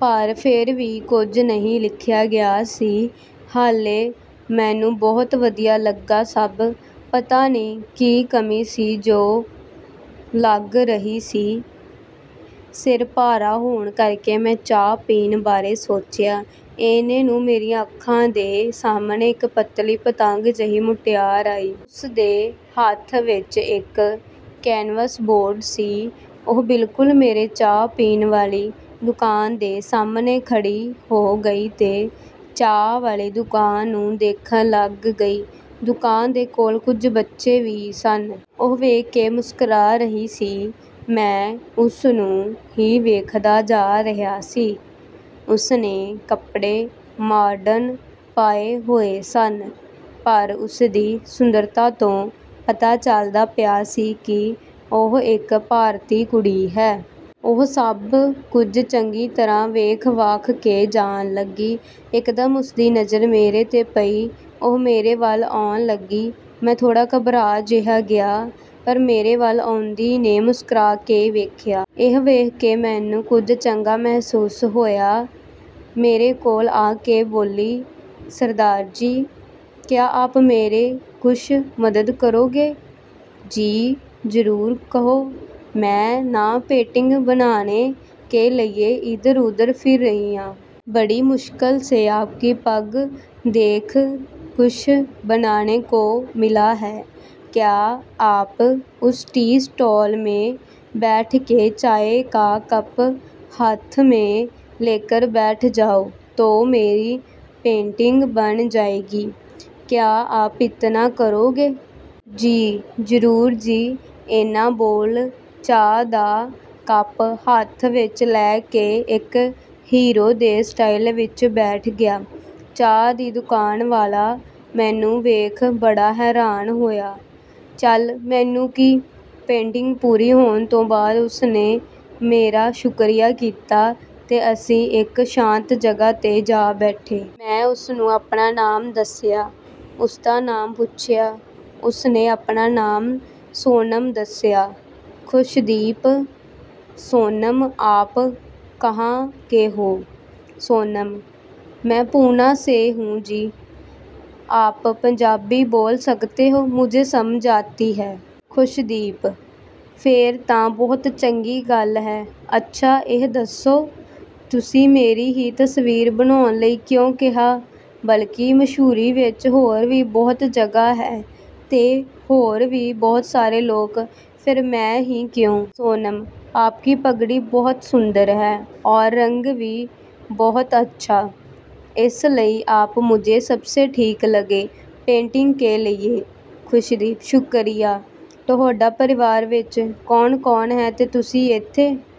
ਪਰ ਫਿਰ ਵੀ ਕੁਝ ਨਹੀਂ ਲਿਖਿਆ ਗਿਆ ਸੀ। ਹਾਲੇ ਮੈਨੂੰ ਬਹੁਤ ਵਧੀਆ ਲੱਗਾ ਸਭ, ਪਤਾ ਨਹੀਂ ਕੀ ਕਮੀ ਸੀ ਜੋ ਲੱਗ ਰਹੀ ਸੀ। ਸਿਰ ਭਾਰਾ ਹੋਣ ਕਰਕੇ ਮੈਂ ਚਾਹ ਪੀਣ ਬਾਰੇ ਸੋਚਿਆ। ਏਨੇ ਨੂੰ ਮੇਰੀਆਂ ਅੱਖਾਂ ਦੇ ਸਾਹਮਣੇ ਇੱਕ ਪਤਲੀ ਪਤੰਗ ਜਿਹੀ ਮੁਟਿਆਰ ਆਈ। ਉਸਦੇ ਹੱਥ ਵਿੱਚ ਇੱਕ ਕੈਨਵਸ ਬੋਰਡ ਸੀ। ਉਹ ਬਿਲਕੁਲ ਮੇਰੇ ਚਾਹ ਪੀਣ ਵਾਲੀ ਦੁਕਾਨ ਦੇ ਸਾਹਮਣੇ ਖੜ੍ਹੀ ਹੋ ਗਈ ਤੇ ਚਾਹ ਵਾਲੀ ਦੁਕਾਨ ਨੂੰ ਦੇਖਣ ਲੱਗ ਗਈ। ਦੁਕਾਨ ਦੇ ਕੋਲ ਕੁਝ ਬੱਚੇ ਵੀ ਸਨ। ਉਹ ਵੇਖ ਕੇ ਮੁਸਕਰਾ ਰਹੀ ਸੀ। ਮੈਂ ਉਸਨੂੰ ਹੀ ਵੇਖਦਾ ਜਾ ਰਿਹਾ ਸੀ। ਉਸਨੇ ਕੱਪੜੇ ਮਾਡਨ ਪਾਏ ਹੋਏ ਸਨ, ਪਰ ਉਸਦੀ ਸੁੰਦਰਤਾ ਤੋਂ ਪਤਾ ਚੱਲਦਾ ਪਿਆ ਸੀ ਕਿ ਉਹ ਇੱਕ ਭਾਰਤੀ ਕੁੜੀ ਹੈ। ਉਹ ਸਭ ਕੁਝ ਚੰਗੀ ਤਰ੍ਹਾਂ ਵੇਖ-ਵਾਖ ਕੇ ਜਾਣ ਲੱਗੀ। ਇੱਕਦਮ ਉਸਦੀ ਨਜ਼ਰ ਮੇਰੇ ਤੇ ਪਈ। ਉਹ ਮੇਰੇ ਵੱਲ ਆਉਣ ਲੱਗੀ। ਮੈਂ ਥੋੜ੍ਹਾ ਘਬਰਾ ਜਿਹਾ ਗਿਆ, ਪਰ ਮੇਰੇ ਵੱਲ ਆਉਂਦੀ ਨੇ ਮੁਸਕਰਾ ਕੇ ਵੇਖਿਆ। ਇਹ ਵੇਖ ਮੈਨੂੰ ਕੁਝ ਚੰਗਾ ਮਹਿਸੂਸ ਹੋਇਆ। ਮੇਰੇ ਕੋਲ ਆ ਕੇ ਬੋਲੀ, "ਸਰਦਾਰ ਜੀ, ਕਿਆ ਆਪ ਮੇਰੀ ਕੁਛ ਮਦਦ ਕਰੋਗੇ?" "ਜੀ, ਜ਼ਰੂਰ ਕਹੋ।" "ਮੈਂ ਨਾ ਪੇਂਟਿੰਗ ਬਣਾਨੇ ਕੇ ਲਈਏ ਇਧਰ-ਉਧਰ ਫਿਰ ਰਹੀ ਆਂ। ਬੜੀ ਮੁਸ਼ਕਿਲ ਸੇ ਆਪਕੀ ਪੱਗ ਦੇਖ ਕੁਛ ਬਨਾਨੇ ਕੋ ਮਿਲਾ ਹੈ। ਕਿਆ ਆਪ ਉਸ ਟੀ ਸਟਾਲ ਮੈਂ ਬੈਠ ਕੇ ਚਾਏ ਕਾ ਕੱਪ ਹੱਥ ਮੈਂ ਲੇਕਰ ਬੈਠ ਜਾਓ, ਤੋ ਮੇਰੀ ਪੇਂਟਿੰਗ ਬਣ ਜਾਏਗੀ? ਕਿਆ ਆਪ ਇਤਨਾ ਕਰੋਗੇ?" "ਜੀ, ਜ਼ਰੂਰ ਜੀ।" ਏਨਾ ਬੋਲ ਚਾਹ ਦਾ ਕੱਪ ਹੱਥ ਵਿੱਚ ਲੈ ਕੇ ਇੱਕ ਹੀਰੋ ਦੇ ਸਟਾਈਲ ਵਿੱਚ ਬੈਠ ਗਿਆ। ਚਾਹ ਦੀ ਦੁਕਾਨ ਵਾਲਾ ਮੈਨੂੰ ਵੇਖ ਬੜਾ ਹੈਰਾਨ ਹੋਇਆ। ਚੱਲ, ਮੈਨੂੰ ਕੀ? ਪੇਂਟਿੰਗ ਪੂਰੀ ਹੋਣ ਤੋਂ ਬਾਅਦ ਉਸਨੇ ਮੇਰਾ ਸ਼ੁਕਰੀਆ ਕੀਤਾ ਤੇ ਅਸੀਂ ਇੱਕ ਸ਼ਾਂਤ ਜਗ੍ਹਾ ਤੇ ਜਾ ਬੈਠੇ। ਮੈਂ ਉਸਨੂੰ ਆਪਣਾ ਨਾਮ ਦੱਸਿਆ, ਉਸਦਾ ਨਾਮ ਪੁੱਛਿਆ। ਉਸਨੇ ਆਪਣਾ ਨਾਮ ਸੋਨਮ ਦੱਸਿਆ। ਖੁਸ਼ਦੀਪ: "ਸੋਨਮ, ਆਪ ਕਹਾਂ ਕੇ ਹੋ?" ਸੋਨਮ: "ਮੈਂ ਪੂਨਾ ਸੇ ਹੁ ਜੀ। ਆਪ ਪੰਜਾਬੀ ਬੋਲ ਸਕਤੇ ਹੋ, ਮੁਝੇ ਸਮਝ ਆਤੀ ਹੈ।" ਖੁਸ਼ਦੀਪ: "ਫੇਰ ਤਾਂ ਬਹੁਤ ਚੰਗੀ ਗੱਲ ਹੈ। ਅੱਛਾ, ਇਹ ਦੱਸੋ, ਤੁਸੀਂ ਮੇਰੀ ਹੀ ਤਸਵੀਰ ਬਣਾਉਣ ਲਈ ਕਿਉਂ ਕਿਹਾ? ਬਲਕਿ ਮਸ਼ੂਰੀ ਵਿੱਚ ਹੋਰ ਵੀ ਬਹੁਤ ਜਗ੍ਹਾ ਹੈ ਤੇ ਹੋਰ ਵੀ ਬਹੁਤ ਸਾਰੇ ਲੋਕ। ਫੇਰ ਮੈਂ ਹੀ ਕਿਉਂ?" ਸੋਨਮ: "ਆਪਕੀ ਪਗੜੀ ਬਹੁਤ ਸੁੰਦਰ ਹੈ, ਔਰ ਰੰਗ ਵੀ ਬਹੁਤ ਅੱਛਾ। ਇਸ ਲਈ ਆਪ ਮੁਝੇ ਸਭਸੇ ਠੀਕ ਲਗੇ ਪੇਂਟਿੰਗ ਕੇ ਲਈਏ।" ਖੁਸ਼ਦੀਪ: "ਸ਼ੁਕਰੀਆ। ਤੁਹੋਡਾ ਪਰਿਵਾਰ ਵਿੱਚ ਕੌਣ-ਕੌਣ ਹੈ ਤੇ ਤੁਸੀਂ ਏਥੇ...